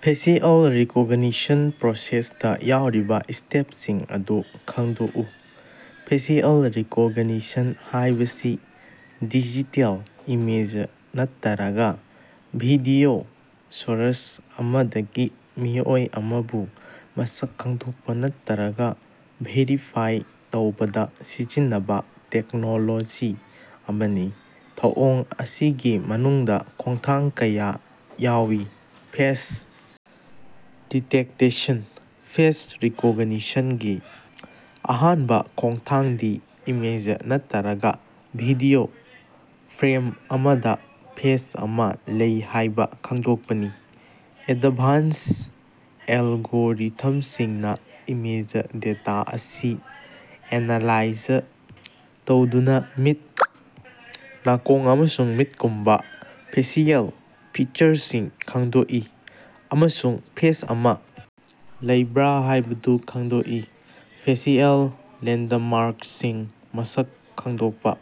Facial recognition ꯄ꯭ꯔꯣꯁꯦꯁꯇ ꯌꯥꯎꯔꯤꯕ ꯁ꯭ꯇꯦꯞꯁꯤꯡ ꯑꯗꯨ ꯈꯪꯗꯣꯛꯎ꯫ ꯐꯦꯁꯤꯑꯦꯜ ꯔꯤꯀꯣꯒꯅꯤꯁꯟ ꯍꯥꯏꯕꯁꯤ ꯗꯤꯖꯤꯇꯦꯜ ꯏꯃꯦꯖ ꯅꯠꯇꯔꯒ ꯚꯤꯗꯤꯑꯣ ꯁꯣꯔꯁ ꯑꯃꯗꯒꯤ ꯃꯤꯑꯣꯏ ꯑꯃꯕꯨ ꯃꯁꯛ ꯈꯪꯗꯣꯛꯄ ꯅꯠꯇꯔꯒ ꯚꯦꯔꯤꯐꯥꯏ ꯇꯧꯕꯗꯥ ꯁꯤꯖꯤꯟꯅꯕꯥ ꯇꯦꯛꯅꯣꯂꯣꯖꯤ ꯑꯃꯅꯤ꯫ ꯊꯧꯑꯣꯡ ꯑꯁꯤꯒꯤ ꯃꯅꯨꯡꯗ ꯈꯣꯡꯊꯥꯡ ꯀꯌꯥ ꯌꯥꯎꯏ, ꯐꯦꯁ ꯗꯤꯇꯦꯛꯇꯦꯁꯟ - ꯐꯦꯁ ꯔꯤꯀꯣꯒꯅꯤꯁꯟꯒꯤ ꯑꯍꯥꯟꯕ ꯈꯣꯡꯊꯥꯡꯗꯤ ꯏꯃꯦꯖ ꯅꯠꯇꯔꯒ ꯚꯤꯗꯤꯑꯣ ꯐ꯭ꯔꯦꯝ ꯑꯃꯗ ꯐꯦꯁ ꯑꯃ ꯂꯩ ꯍꯥꯏꯕ ꯈꯪꯗꯣꯛꯄꯅꯤ꯫ ꯑꯦꯗꯚꯥꯟꯁ ꯑꯦꯜꯒꯣꯔꯤꯊꯝꯁꯤꯡꯅ ꯏꯃꯦꯖ ꯗꯦꯇꯥ ꯑꯁꯤ ꯑꯦꯅꯥꯂꯥꯏꯖ ꯇꯧꯗꯨꯅ ꯃꯤꯠ, ꯅꯥꯀꯣꯡ, ꯑꯃꯁꯨꯡ ꯃꯤꯠꯀꯨꯝꯕꯥ ꯐꯦꯁꯤꯌꯦꯜ ꯐꯤꯆꯔꯁꯤꯡ ꯈꯪꯗꯣꯛꯏ ꯑꯃꯁꯨꯡ ꯐꯦꯁ ꯑꯃ ꯂꯩꯕ꯭ꯔꯥ ꯍꯥꯏꯕꯗꯨ ꯈꯪꯗꯣꯛꯏ꯫ ꯐꯦꯁꯤꯑꯦꯜ ꯂꯦꯟꯗꯃꯥ꯭ꯔꯛꯁꯤꯡ ꯃꯁꯛ ꯈꯡꯗꯣꯛꯄ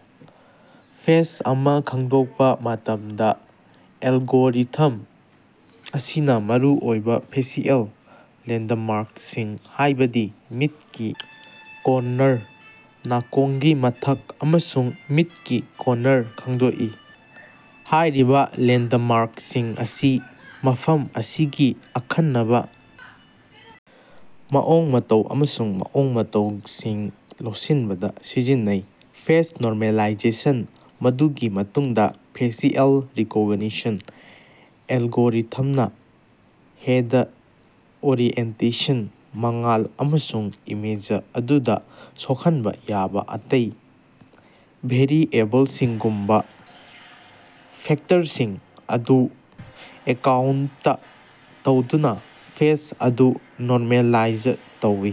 - ꯐꯦꯁ ꯑꯃ ꯈꯡꯗꯣꯛꯄ ꯃꯇꯝꯗ, ꯑꯦꯜꯒꯣꯔꯤꯊꯝ ꯑꯁꯤꯅ ꯃꯔꯨ ꯑꯣꯏꯕ ꯐꯦꯁꯤꯑꯦꯜ ꯂꯦꯟꯗꯃꯥ꯭ꯔꯛꯁꯤꯡ ꯍꯥꯏꯕꯗꯤ ꯃꯤꯠꯀꯤ ꯀꯣꯟꯅꯔ, ꯅꯥꯀꯣꯡꯒꯤ ꯃꯊꯛ, ꯑꯃꯁꯨꯡ ꯃꯤꯠꯀꯤ ꯀꯣꯟꯅꯔ ꯈꯪꯗꯣꯛꯏ꯫ ꯍꯥꯏꯔꯤꯕ ꯂꯦꯟꯗꯃꯥ꯭ꯔꯛꯁꯤꯡ ꯑꯁꯤ ꯃꯐꯝ ꯑꯁꯤꯒꯤ ꯑꯈꯟꯅꯕ ꯃꯑꯣꯡ ꯃꯇꯧ ꯑꯃꯁꯨꯡ ꯃꯑꯣꯡ ꯃꯇꯧꯁꯤꯡ ꯂꯧꯁꯤꯟꯕꯗ ꯁꯤꯖꯤꯟꯅꯩ꯫ ꯐꯦꯁ ꯅꯣꯔꯃꯦꯂꯥꯏꯖꯦꯁꯟ - ꯃꯗꯨꯒꯤ ꯃꯇꯨꯡꯗ ꯐꯦꯁꯤꯑꯦꯜ ꯔꯤꯀꯣꯒꯅꯤꯁꯟ ꯑꯦꯜꯒꯣꯔꯤꯊꯝꯅ ꯍꯦꯗ ꯑꯣꯔꯤꯑꯦꯟꯇꯦꯁꯟ, ꯃꯉꯥꯜ, ꯑꯃꯁꯨꯡ ꯏꯃꯦꯖ ꯑꯗꯨꯗ ꯁꯣꯛꯍꯟꯕ ꯌꯥꯕ ꯑꯇꯩ ꯚꯦꯔꯤꯑꯦꯕꯜꯁꯤꯡꯒꯨꯝꯕ ꯐꯦꯛꯇꯔꯁꯤꯡ ꯑꯗꯨ ꯑꯦꯀꯥꯎꯟꯇ ꯇꯧꯗꯨꯅ ꯐꯦꯁ ꯑꯗꯨ ꯅꯣꯔꯃꯦꯂꯥꯏꯖ ꯇꯧꯏ꯫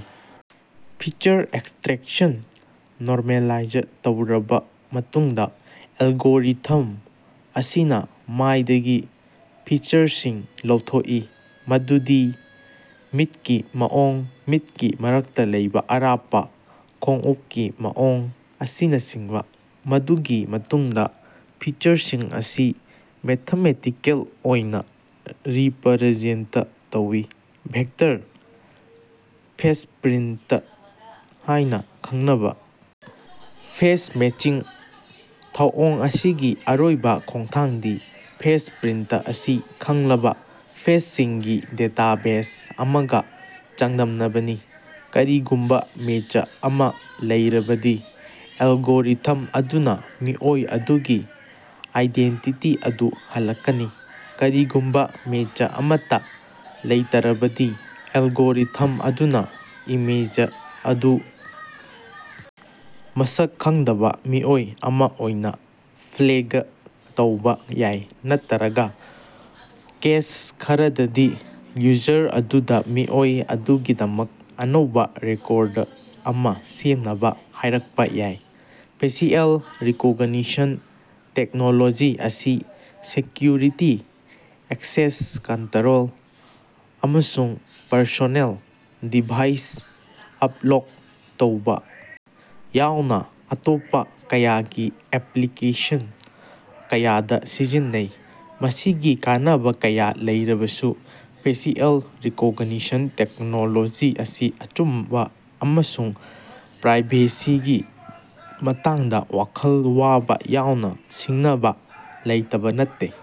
ꯐꯤꯆꯔ ꯑꯦꯛꯁꯇ꯭ꯔꯦꯛꯁꯟ - ꯅꯣꯔꯃꯦꯂꯥꯏꯖ ꯇꯧꯔꯕ ꯃꯇꯨꯡꯗ, ꯑꯦꯜꯒꯣꯔꯤꯊꯝ ꯑꯁꯤꯅ ꯃꯥꯏꯗꯒꯤ ꯐꯤꯆꯔꯁꯤꯡ ꯂꯧꯊꯣꯛꯏ, ꯃꯗꯨꯗꯤ ꯃꯤꯠꯀꯤ ꯃꯑꯣꯡ, ꯃꯤꯠꯀꯤ ꯃꯔꯛꯇ ꯂꯩꯕ‌ ꯑꯔꯥꯞꯄ, ꯈꯣꯡꯎꯞꯀꯤ ꯃꯑꯣꯡ ꯑꯁꯤꯅꯆꯤꯡꯕ, ꯃꯗꯨꯒꯤ ꯃꯇꯨꯡꯗ ꯐꯤꯆꯔꯁꯤꯡ ꯑꯁꯤ ꯃꯦꯊꯃꯦꯇꯤꯀꯦꯜ ꯑꯣꯏꯅ ꯔꯤꯄꯔꯖꯦꯟꯇ ꯇꯧꯏ꯫ ꯚꯦꯛꯇꯔ, ꯐꯦꯁꯄ꯭ꯔꯤꯟꯇ ꯍꯥꯏꯅ ꯈꯪꯅꯕ ꯐꯦꯁ ꯃꯦꯆꯤꯡ - ꯊꯧꯑꯣꯡ ꯑꯁꯤꯒꯤ ꯑꯔꯣꯏꯕ ꯈꯣꯡꯊꯥꯡꯗꯤ ꯐꯦꯁꯄ꯭ꯔꯤꯟꯇ ꯑꯁꯤ ꯈꯪꯂꯕ ꯐꯦꯁꯁꯤꯡꯒꯤ ꯗꯦꯇꯥꯕꯦꯖ ꯑꯃꯒ ꯆꯥꯡꯗꯝꯅꯕꯅꯤ꯫ ꯀꯔꯤꯒꯨꯝꯕ ꯃꯦꯆ ꯑꯃ ꯂꯩꯔꯕꯗꯤ, ꯑꯦꯜꯒꯣꯔꯤꯊꯝ ꯑꯗꯨꯅ ꯃꯤꯑꯣꯏ ꯑꯗꯨꯒꯤ ꯑꯥꯏꯗꯦꯟꯇꯤꯇꯤ ꯑꯗꯨ ꯍꯜꯂꯛꯀꯅꯤ꯫ ꯀꯔꯤꯒꯨꯝꯕ ꯃꯦꯆ ꯑꯃꯠꯇ ꯂꯩꯇꯔꯕꯗꯤ, ꯑꯦꯜꯒꯣꯔꯤꯊꯝ ꯑꯗꯨꯅ ꯏꯃꯦꯖ ꯑꯗꯨ ꯃꯁꯛ ꯈꯪꯗꯕ ꯃꯤꯑꯣꯏ ꯑꯃ ꯑꯣꯏꯅ ꯐ꯭ꯂꯦꯒ ꯇꯧꯕ ꯌꯥꯏ ꯅꯠꯇꯔꯒ, ꯀꯦꯁ ꯈꯔꯗꯗꯤ, ꯌꯨꯖꯔ ꯑꯗꯨꯗ ꯃꯤꯑꯣꯏ ꯑꯗꯨꯒꯤꯗꯃꯛ ꯑꯅꯧꯕ ꯔꯦꯀꯣꯔꯗ ꯑꯃ ꯁꯦꯝꯅꯕ ꯍꯥꯏꯔꯛꯄ ꯌꯥꯏ꯫ ꯐꯦꯁꯤꯑꯦꯜ ꯔꯤꯀꯣꯒꯅꯤꯁꯟ ꯇꯦꯛꯅꯣꯂꯣꯖꯤ ꯑꯁꯤ ꯁꯦꯀ꯭ꯌꯨꯔꯤꯇꯤ, ꯑꯦꯛꯁꯦꯁ ꯀꯟꯇꯔꯣꯜ, ꯑꯃꯁꯨꯡ ꯄꯔꯁꯣꯅꯦꯜ ꯗꯤꯚꯥꯏꯁ ꯑꯞꯂꯣꯛ ꯇꯧꯕ ꯌꯥꯎꯅ ꯑꯇꯣꯞꯄ ꯀꯌꯥꯒꯤ ꯑꯦꯄ꯭ꯂꯤꯀꯦꯁꯟ ꯀꯌꯥꯗ ꯁꯤꯖꯤꯟꯅꯩ꯫ ꯃꯁꯤꯒꯤ ꯀꯥꯟꯅꯕꯥ ꯀꯌꯥ ꯂꯩꯔꯕꯁꯨ, ꯐꯦꯁꯤꯑꯦꯜ ꯔꯤꯀꯣꯒꯅꯤꯁꯟ ꯇꯦꯛꯅꯣꯂꯣꯖꯤ ꯑꯁꯤ ꯑꯆꯨꯝꯕ ꯑꯃꯁꯨꯡ ꯄ꯭ꯔꯥꯏꯕꯦꯁꯤꯒꯤ ꯃꯇꯥꯡꯗ ꯋꯥꯈꯜ ꯋꯥꯕ ꯌꯥꯎꯅ ꯁꯤꯡꯅꯕꯥ ꯂꯩꯇꯕ ꯅꯠꯇꯦ꯫